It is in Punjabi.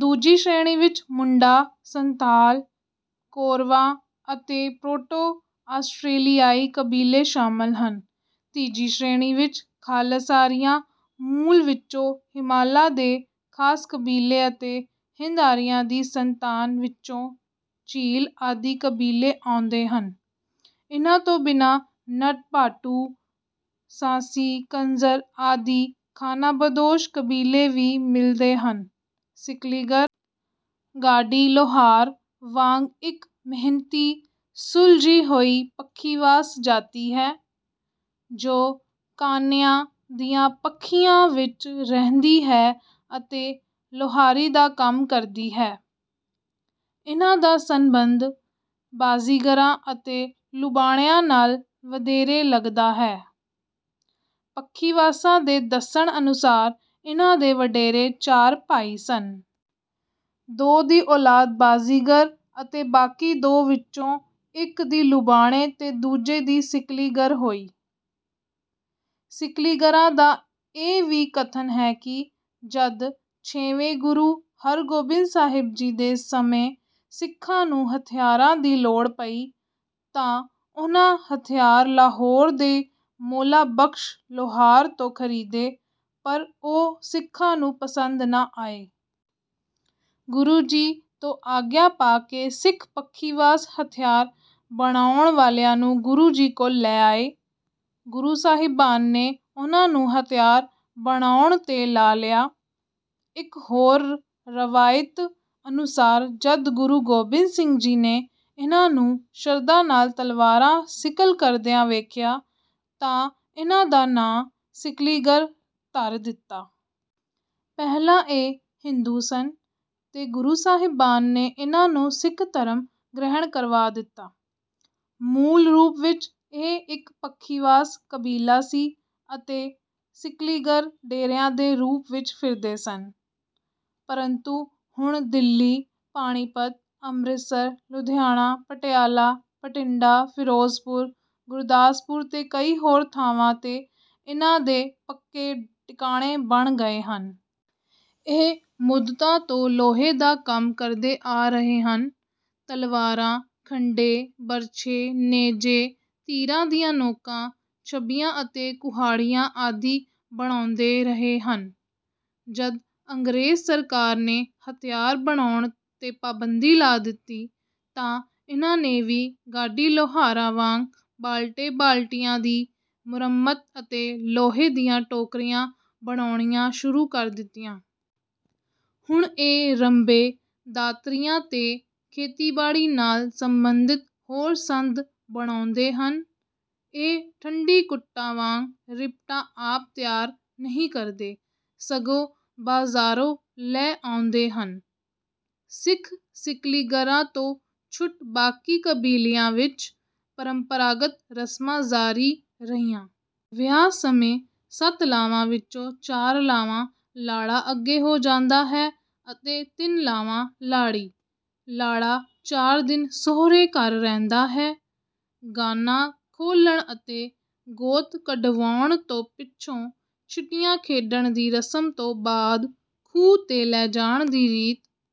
ਦੂਜੀ ਸ਼੍ਰੇਣੀ ਵਿੱਚ ਮੁੰਡਾ, ਸੰਥਾਲ, ਕੋਰਵਾ ਅਤੇ ਪ੍ਰੋਟੋ-ਆਸਟ੍ਰੇਲੀਆਈ ਕਬੀਲੇ ਸ਼ਾਮਲ ਹਨ। ਤੀਜੀ ਸ਼੍ਰੇਣੀ ਵਿੱਚ ਖ਼ਾਲਸ ਆਰੀਆ ਮੂਲ ਵਿੱਚੋਂ ਹਿਮਾਲਾ ਦੇ ਖਾਸ ਕਬੀਲੇ ਅਤੇ ਹਿੰਦ-ਆਰੀਆਂ ਦੀ ਸੰਤਾਨ ਵਿੱਚੋਂ ਝੀਲ ਆਦਿ ਕਬੀਲੇ ਆਉਂਦੇ ਹਨ। ਇਨ੍ਹਾਂ ਤੋਂ ਬਿਨਾਂ ਨਟ, ਭਾਟੂ, ਸਾਂਸੀ, ਕੰਜਰ ਆਦਿ ਖ਼ਾਨਾਬਦੋਸ਼ ਕਬੀਲੇ ਵੀ ਮਿਲਦੇ ਹਨ। ਸਿਕਲੀਗਰ ਗਾਡੀ-ਲੋਹਾਰ ਵਾਂਗ ਇੱਕ ਮਿਹਨਤੀ, ਸੁਲਝੀ ਹੋਈ ਪੱਖੀਵਾਸ ਜਾਤੀ ਹੈ, ਜੋ ਕਾਨਿਆਂ ਦੀਆਂ ਪੱਖੀਆਂ ਵਿੱਚ ਰਹਿੰਦੀ ਹੈ ਅਤੇ ਲੋਹਾਰੀ ਦਾ ਕੰਮ ਕਰਦੀ ਹੈ। ਇਨ੍ਹਾਂ ਦਾ ਸੰਬੰਧ ਬਾਜ਼ੀਗਰਾਂ ਅਤੇ ਲੁਬਾਣਿਆਂ ਨਾਲ ਵਧੇਰੇ ਲੱਗਦਾ ਹੈ। ਪੱਖੀਵਾਸਾਂ ਦੇ ਦੱਸਣ ਅਨੁਸਾਰ ਇਨ੍ਹਾਂ ਦੇ ਵਡੇਰੇ ਚਾਰ ਭਾਈ ਸਨ। ਦੋ ਦੀ ਔਲਾਦ ਬਾਜ਼ੀਗਰ ਅਤੇ ਬਾਕੀ ਦੋ ਵਿੱਚੋਂ ਇੱਕ ਦੀ ਲੁਬਾਣੇ ਤੇ ਦੂਜੇ ਦੀ ਸਿਕਲੀਗਰ ਹੋਈ। ਸਿਕਲੀਗਰਾਂ ਦਾ ਇਹ ਵੀ ਕਥਨ ਹੈ ਕਿ ਜਦ ਛੇਵੇਂ ਗੁਰੂ ਹਰਗੋਬਿੰਦ ਸਾਹਿਬ ਜੀ ਦੇ ਸਮੇਂ ਸਿੱਖਾਂ ਨੂੰ ਹਥਿਆਰਾਂ ਦੀ ਲੋੜ ਪਈ, ਤਾਂ ਉਨ੍ਹਾਂ ਹਥਿਆਰ ਲਾਹੌਰ ਦੇ ਮੌਲਾ ਬਖਸ਼ ਲੋਹਾਰ ਤੋਂ ਖਰੀਦੇ, ਪਰ ਉਹ ਸਿੱਖਾਂ ਨੂੰ ਪਸੰਦ ਨਾ ਆਏ। ਗੁਰੂ ਜੀ ਤੋਂ ਆਗਿਆ ਪਾ ਕੇ ਸਿੱਖ ਪੱਖੀਵਾਸ ਹਥਿਆਰ ਬਣਾਉਣ ਵਾਲਿਆਂ ਨੂੰ ਗੁਰੂ ਜੀ ਕੋਲ ਲੈ ਆਏ। ਗੁਰੂ ਸਾਹਿਬਾਨ ਨੇ ਉਨ੍ਹਾਂ ਨੂੰ ਹਥਿਆਰ ਬਣਾਉਣ 'ਤੇ ਲਾ ਲਿਆ। ਇੱਕ ਹੋਰ ਰਵਾਇਤ ਅਨੁਸਾਰ ਜਦ ਗੁਰੂ ਗੋਬਿੰਦ ਸਿੰਘ ਜੀ ਨੇ ਇਨ੍ਹਾਂ ਨੂੰ ਸ਼ਰਧਾ ਨਾਲ ਤਲਵਾਰਾਂ ਸਿਕਲ ਕਰਦਿਆਂ ਵੇਖਿਆ, ਤਾਂ ਇਨ੍ਹਾਂ ਦਾ ਨਾਂ ਸਿਕਲੀਗਰ ਧਰ ਦਿੱਤਾ। ਪਹਿਲਾਂ ਇਹ ਹਿੰਦੂ ਸਨ, ਤੇ ਗੁਰੂ ਸਾਹਿਬਾਨ ਨੇ ਇਨ੍ਹਾਂ ਨੂੰ ਸਿੱਖ ਧਰਮ ਗ੍ਰਹਿਣ ਕਰਵਾ ਦਿੱਤਾ। ਮੂਲ ਰੂਪ ਵਿੱਚ ਇਹ ਇੱਕ ਪੱਖੀਵਾਸ ਕਬੀਲਾ ਸੀ ਅਤੇ ਸਿਕਲੀਗਰ ਡੇਰਿਆਂ ਦੇ ਰੂਪ ਵਿੱਚ ਫਿਰਦੇ ਸਨ। ਪਰੰਤੂ ਹੁਣ ਦਿੱਲੀ, ਪਾਣੀਪਤ, ਅੰਮ੍ਰਿਤਸਰ, ਲੁਧਿਆਣਾ, ਪਟਿਆਲਾ, ਬਠਿੰਡਾ, ਫਿਰੋਜ਼ਪੁਰ, ਗੁਰਦਾਸਪੁਰ ਤੇ ਕਈ ਹੋਰ ਥਾਵਾਂ 'ਤੇ ਇਨ੍ਹਾਂ ਦੇ ਪੱਕੇ ਟਿਕਾਣੇ ਬਣ ਗਏ ਹਨ। ਇਹ ਮੁੱਦਤਾਂ ਤੋਂ ਲੋਹੇ ਦਾ ਕੰਮ ਕਰਦੇ ਆ ਰਹੇ ਹਨ। ਤਲਵਾਰਾਂ, ਖੰਡੇ, ਬਰਛੇ, ਨੇਜੇ, ਤੀਰਾਂ ਦੀਆਂ ਨੋਕਾਂ, ਛਬੀਆਂ ਅਤੇ ਕੁਹਾੜੀਆਂ ਆਦਿ ਬਣਾਉਂਦੇ ਰਹੇ ਹਨ। ਜਦ ਅੰਗਰੇਜ਼ ਸਰਕਾਰ ਨੇ ਹਥਿਆਰ ਬਣਾਉਣ 'ਤੇ ਪਾਬੰਦੀ ਲਾ ਦਿੱਤੀ, ਤਾਂ ਇਨ੍ਹਾਂ ਨੇ ਵੀ ਗਾਡੀ-ਲੋਹਾਰਾਂ ਵਾਂਗ ਬਾਲਟੇ-ਬਾਲਟੀਆਂ ਦੀ ਮੁਰੰਮਤ ਅਤੇ ਲੋਹੇ ਦੀਆਂ ਟੋਕਰੀਆਂ ਬਣਾਉਣੀਆਂ ਸ਼ੁਰੂ ਕਰ ਦਿੱਤੀਆਂ। ਹੁਣ ਇਹ ਰੰਬੇ, ਦਾਤਰੀਆਂ ਤੇ ਖੇਤੀਬਾੜੀ ਨਾਲ ਸੰਬੰਧਿਤ ਹੋਰ ਸੰਦ ਬਣਾਉਂਦੇ ਹਨ। ਇਹ ਠੰਢੀ ਕੁੱਟਾਂ ਵਾਂਗ ਰਿਪਟਾਂ ਆਪ ਤਿਆਰ ਨਹੀਂ ਕਰਦੇ, ਸਗੋਂ ਬਾਜ਼ਾਰੋਂ ਲੈ ਆਉਂਦੇ ਹਨ। ਸਿੱਖ ਸਿਕਲੀਗਰਾਂ ਤੋਂ ਛੁੱਟ ਬਾਕੀ ਕਬੀਲਿਆਂ ਵਿੱਚ ਪਰੰਪਰਾਗਤ ਰਸਮਾਂ ਜਾਰੀ ਰਹੀਆਂ। ਵਿਆਹ ਸਮੇਂ ਸੱਤ ਲਾਵਾਂ ਵਿੱਚੋਂ ਚਾਰ ਲਾਵਾਂ ਲਾੜਾ ਅੱਗੇ ਹੋ ਜਾਂਦਾ ਹੈ ਅਤੇ ਤਿੰਨ ਲਾਵਾਂ ਲਾੜੀ। ਲਾੜਾ ਚਾਰ ਦਿਨ ਸਹੁਰੇ ਘਰ ਰਹਿੰਦਾ ਹੈ। ਗਾਨਾ ਖੋਲ੍ਹਣ ਅਤੇ ਗੋਤ ਕਢਵਾਉਣ ਤੋਂ ਪਿੱਛੋਂ ਛਿੱਟੀਆਂ ਖੇਡਣ ਦੀ ਰਸਮ ਤੋਂ ਬਾਅਦ ਖੂਹ 'ਤੇ ਲੈ ਜਾਣ ਦੀ ਰੀਤ